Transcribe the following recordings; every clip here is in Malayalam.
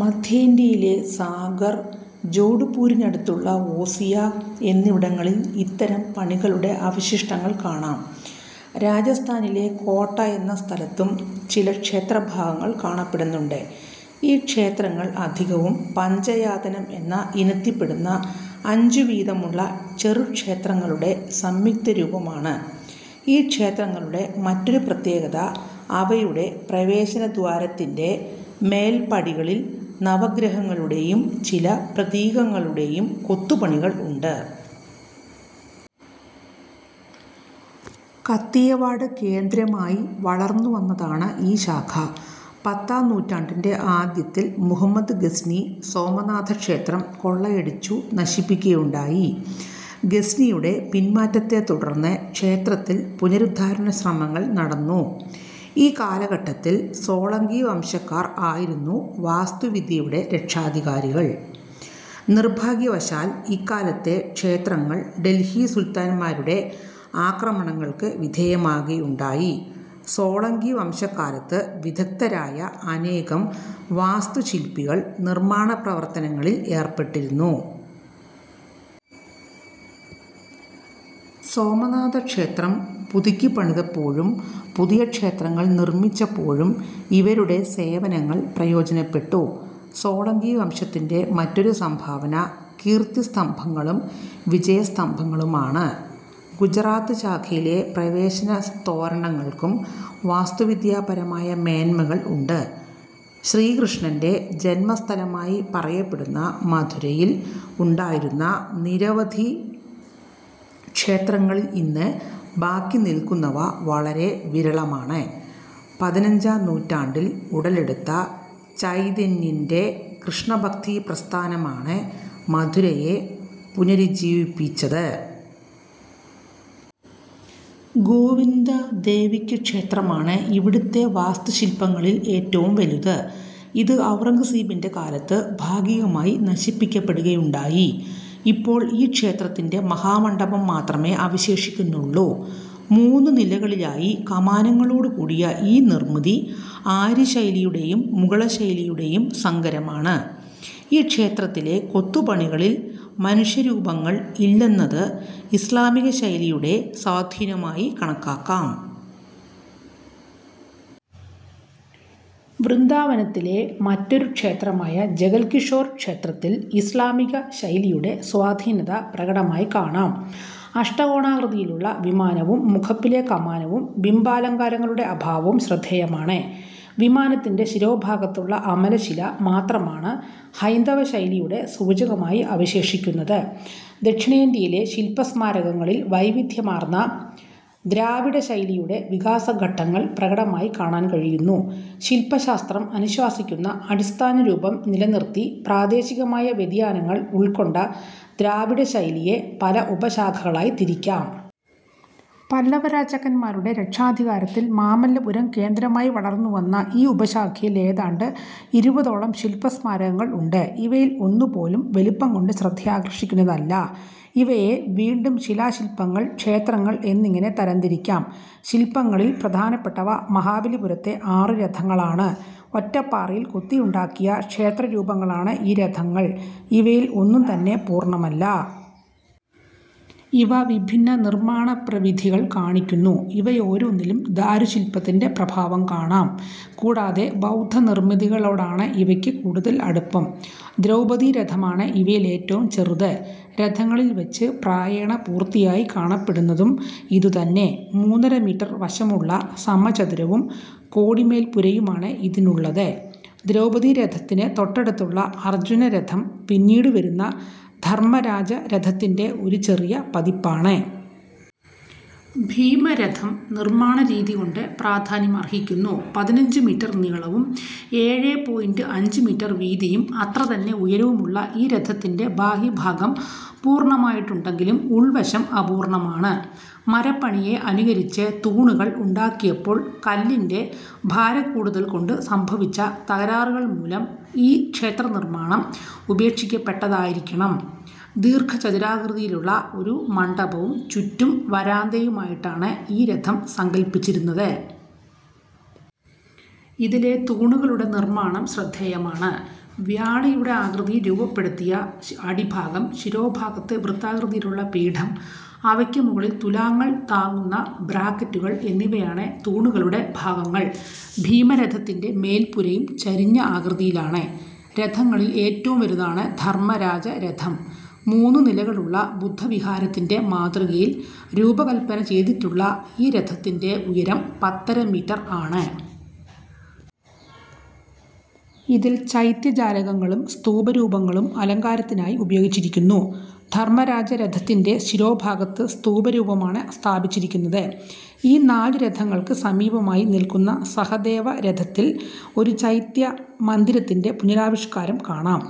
മദ്ധ്യേന്ത്യയിലെ സാഗർ, ജോഡ്പൂരിനടുത്തുള്ള ഓസിയ എന്നിവിടങ്ങളിൽ ഇത്തരം പണികളുടെ അവശിഷ്ടങ്ങൾ കാണാം. രജസ്ഥാനിലെ കോട്ട എന്ന സ്ഥലത്തും ചില ക്ഷേത്രഭാഗങ്ങൾ കാണപ്പെടുന്നുണ്ട്. ഈ ക്ഷേത്രങ്ങൾ അധികവും പഞ്ചയാതനം എന്ന ഇനത്തിപ്പെടുന്ന അഞ്ചു വീതമുള്ള ചെറുക്ഷേത്രങ്ങളുടെ സംയുക്തരൂപമാണ്. ഈ ക്ഷേത്രങ്ങളുടെ മറ്റൊരു പ്രത്യേകത അവയുടെ പ്രവേശനദ്വാരത്തിന്റെ മേൽപടികളിൽ നവഗ്രഹങ്ങളുടെയും ചില പ്രതീകങ്ങളുടെയും കൊത്തുപണികൾ ഉണ്ട്. കത്തിയവാഡ് കേന്ദ്രമായി വളർന്നുവന്നതാണ് ഈ ശാഖ. പത്താം നൂറ്റാണ്ടിന്റെ ആദ്യത്തിൽ മുഹമ്മദ് ഗസ്നി സോമനാഥ ക്ഷേത്രം കൊള്ളയടിച്ചു നശിപ്പിക്കുകയുണ്ടായി. ഗസ്നിയുടെ പിന്മാറ്റത്തെത്തുടർന്ന് ക്ഷേത്രത്തിൽ പുനരുദ്ധാരണശ്രമങ്ങൾ നടന്നു. ഈ കാലഘട്ടത്തിൽ സോളങ്കിവംശക്കാർ ആയിരുന്നു വാസ്തുവിദ്യയുടെ രക്ഷാധികാരികൾ. നിർഭാഗ്യവശാൽ ഇക്കാലത്തെ ക്ഷേത്രങ്ങൾ ഡൽഹി സുൽത്താന്മാരുടെ ആക്രമണങ്ങൾക്കു വിധേയമാകുകയുണ്ടായി. സോളങ്കിവംശക്കാലത്ത് വിദഗ്ദ്ധരായ അനേകം വാസ്തുശില്പികൾ നിർമ്മാണപ്രവർത്തനങ്ങളിൽ ഏർപ്പെട്ടിരുന്നു. സോമനാഥക്ഷേത്രം പുതുക്കിപണിതപ്പോഴും പുതിയ ക്ഷേത്രങ്ങൾ നിർമിച്ചപ്പോഴും ഇവരുടെ സേവനങ്ങൾ പ്രയോജനപ്പെട്ടു. സോളങ്കി വംശത്തിന്റെ മറ്റൊരു സംഭാവന കീർത്തിസ്തംഭങ്ങളും വിജയസ്തംഭങ്ങളുമാണ്. ഗുജറാത്ത്ശാഖയിലെ പ്രവേശന തോരണങ്ങൾക്കും വാസ്തുവിദ്യാപരമായ മേന്മകൾ ഉണ്ട്. ശ്രീ കൃഷ്ണന്റെ ജന്മസ്ഥലമായി പറയപ്പെടുന്ന മഥുരയിൽ ഉണ്ടായിരുന്ന നിരവധി ക്ഷേത്രങ്ങളിൽ ഇന്ന് ബാക്കിനിൽക്കുന്നവ വളരെ വിരളമാണ്. പതിഞ്ചാം നൂറ്റാണ്ടിൽ ഉടലെടുത്ത ചൈതന്യന്റെ കൃഷ്ണഭക്തി പ്രസ്ഥാനമാണ് മഥുരയെ പുനരുജ്ജീവിപ്പിച്ചത്. ഗോവിന്ദദേവിക് ക്ഷേത്രമാണ് ഇവിടത്തെ വാസ്തുശില്പങ്ങളിൽ ഏറ്റവും വലുത്. ഇത് ഔറംഗസീബിന്റെ കാലത്ത് ഭാഗികമായി നശിപ്പിക്കപെടുകയുണ്ടായി. ഇപ്പോൾ ഈ ക്ഷേത്രത്തിന്റെ മഹാമണ്ഡപം മാത്രമേ അവശേഷിക്കുന്നുള്ളു. മൂന്നുനിലകളിലായി കമാനങ്ങളോടുകൂടിയ ഈ നിർമിതി ആര്യശൈലിയുടെയും മുഗളശൈലിയുടെയും സങ്കരമാണ്. ഈ ക്ഷേത്രത്തിലെ കൊത്തുപണികളിൽ മനുഷ്യരൂപങ്ങൾ ഇല്ലെന്നത് ഇസ്ലാമിക ശൈലിയുടെ സ്വാധീനമായി കണക്കാക്കാം. വൃന്ദാവനത്തിലെ മറ്റൊരു ക്ഷേത്രമായ ജഗൽകിഷോർ ക്ഷേത്രത്തിൽ ഇസ്ലാമിക ശൈലിയുടെ സ്വാധീനത പ്രകടമായി കാണാം. അഷ്ടകോണാകൃതിയിലുള്ള വിമാനവും മുഖപ്പിലെ കമാനവും ബിംബാലങ്കാരങ്ങളുടെ അഭാവവും ശ്രദ്ധേയമാണ്. വിമാനത്തിന്റെ ശിരോഭാഗത്തുള്ള അമലശില മാത്രമാണ് ഹൈന്ദവശൈലിയുടെ സൂചകമായി അവശേഷിക്കുന്നത്. ദക്ഷിണേന്ത്യയിലെ ശില്പസ്മാരകങ്ങളിൽ വൈവിധ്യമാർന്ന ദ്രാവിഡശൈലിയുടെ വികാസഘട്ടങ്ങൾ പ്രകടമായി കാണാൻ കഴിയുന്നു. ശില്പശാസ്ത്രം അനുശാസിക്കുന്ന അടിസ്ഥാന രൂപം നിലനിർത്തി പ്രാദേശികമായ വ്യതിയാനങ്ങൾ ഉൾക്കൊണ്ട ദ്രാവിഡശൈലിയെ പല ഉപശാഖകളായി തിരിക്കാം. പല്ലവരാജാക്കന്മാരുടെ രക്ഷാധികാരത്തിൽ മാമല്ലപുരം കേന്ദ്രമായി വളർന്നുവന്ന ഈ ഉപശാഖയിൽ ഏതാണ്ട് ഇരുപതോളം ശില്പസ്മാരകങ്ങൾ ഉണ്ട്. ഇവയിൽ ഒന്നുപോലും വലിപ്പംകൊണ്ട് ശ്രദ്ധയാകർഷിക്കുന്നതല്ല. ഇവയെ വീണ്ടും ശിലാശില്പങ്ങൾ, ക്ഷേത്രങ്ങൾ എന്നിങ്ങനെ തരംതിരിക്കാം. ശില്പങ്ങളിൽ പ്രധാനപ്പെട്ടവ മഹാബലിപുരത്തെ ആറു രഥങ്ങളാണ്. ഒറ്റപ്പാറയിൽ കൊത്തിയുണ്ടാക്കിയ ക്ഷേത്രരൂപങ്ങളാണ് ഈ രഥങ്ങൾ. ഇവയിൽ ഒന്നും തന്നെ പൂർണമല്ല. ഇവ വിഭിന്ന നിർമ്മാണ പ്രവിധികൾ കാണിക്കുന്നു. ഇവയോരോന്നിലും ദാരുശില്പത്തിന്റെ പ്രഭാവം കാണാം. കൂടാതെ ബൗദ്ധനിർമിതികളൊടാണ് ഇവയ്ക്ക് കൂടുതൽ അടുപ്പം. ദ്രൗപതീരഥമാണ് ഇവയിൽ ഏറ്റവും ചെറുത്; രഥങ്ങളിൽവച്ച് പ്രായേണ പൂർത്തിയായി കാണപ്പെടുന്നതും ഇതുതന്നെ. മൂന്നരമീറ്റർ വശമുള്ള സമചതുരവും കോടിമേൽപുരയുമാണ് ഇതിനുള്ളത്. ദ്രൗപതീരഥത്തിന് തൊട്ടടുത്തുള്ള അർജ്ജുനരഥം പിന്നീടുവരുന്ന ധർമരാജരഥത്തിന്റെ ഒരു ചെറിയ പതിപ്പാണ്. ഭീമരഥം നിർമ്മാണരീതികൊണ്ട് പ്രാധാന്യമർഹിക്കുന്നു. പതിനഞ്ചു മീറ്റർ നീളവും ഏഴേ പോയിന്റ് അഞ്ചു മീറ്റർ വീതിയും അത്രതന്നെ ഉയരവുമുള്ള ഈ രഥത്തിന്റെ ബാഹ്യഭാഗം പൂർണമായിട്ടുണ്ടെങ്കിലും ഉൾവശം അപൂർണമാണ്. മരപ്പണിയെ അനുകരിച്ച് തൂണുകൾ ഉണ്ടാക്കിയപ്പോൾ കല്ലിന്റെ ഭാരക്കൂടുതൽകൊണ്ട് സംഭവിച്ച തകരാറുകൾമൂലം ഈ ക്ഷേത്രനിർമ്മാണം ഉപേക്ഷിക്കപ്പെട്ടതായിരിക്കണം. ദീർഘചതുരാകൃതിയുള്ള ഒരു മണ്ഡപവും ചുറ്റും വരാന്തയുമായിട്ടാണ് ഈ രഥം സങ്കല്പിച്ചിരുന്നത്. ഇതിലെ തൂണുകളുടെ നിർമ്മാണം ശ്രദ്ധേയമാണ്. വ്യാളിയുടെ ആകൃതിയിൽ രൂപപ്പെടുത്തിയ അടിഭാഗം, ശിരോഭാഗത്ത് വൃത്താകൃതിയിലുള്ള പീഠം അവയ്ക്ക് മുകളിൽ തുലാങ്ങൾ താങ്ങുന്ന ബ്രാക്കറ്റുകൾ എന്നിവയാണ് തൂണുകളുടെ ഭാഗങ്ങൾ. ഭീമരഥത്തിന്റെ മേല്പുരയും ചരിഞ്ഞ ആകൃതിയിലാണ്. രഥങ്ങളിൽ ഏറ്റവും വലുതാണ് ധർമരാജരഥം. മൂന്നുനിലകളുള്ള ബുദ്ധവിഹാരത്തിന്റെ മാതൃകയിൽ രൂപകല്പനചെയ്തിട്ടുള്ള ഈ രഥത്തിന്റെ ഉയരം പത്തര മീറ്റർ ആണ്. ഇതിൽ ചൈത്യജാലകങ്ങളും സ്തൂപരൂപങ്ങളും അലങ്കാരത്തിനായി ഉപയോഗിച്ചിരിക്കുന്നു. ധർമരാജരഥത്തിന്റെ ശിരോഭാഗത്ത് സ്തൂപരൂപമാണ് സ്ഥാപിച്ചിരിക്കുന്നത്. ഈ നാലുരഥങ്ങൾക്ക് സമീപമായി നിൽക്കുന്ന സഹദേവരഥത്തിൽ ഒരു ചൈത്യമന്ദിരത്തിന്റെ പുനാരാവിഷ്കാരം കാണാം.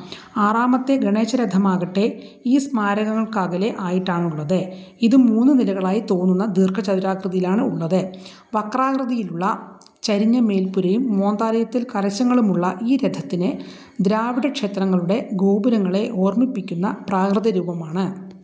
ആറാമത്തെ ഗണേശരഥമാകട്ടെ ഈ സ്മാരകങ്ങൾക്കകലെ ആയിട്ടാണുള്ളത്. ഇതും മൂന്നുനിലകളായി തോന്നുന്ന ദീർക്കചതുരാകൃതിയാണുള്ളത്. വക്രാകൃതിയിലുള്ള ചരിഞ്ഞമേല്പുരയും മോന്തായത്തിൽ കലശങ്ങളുമുള്ള ഈ രഥത്തിന് ദ്രാവിഡക്ഷേത്രങ്ങളുടെ ഗോപുരങ്ങളെ ഓർമിപ്പിക്കുന്ന പ്രാകൃത രൂപമാണ്.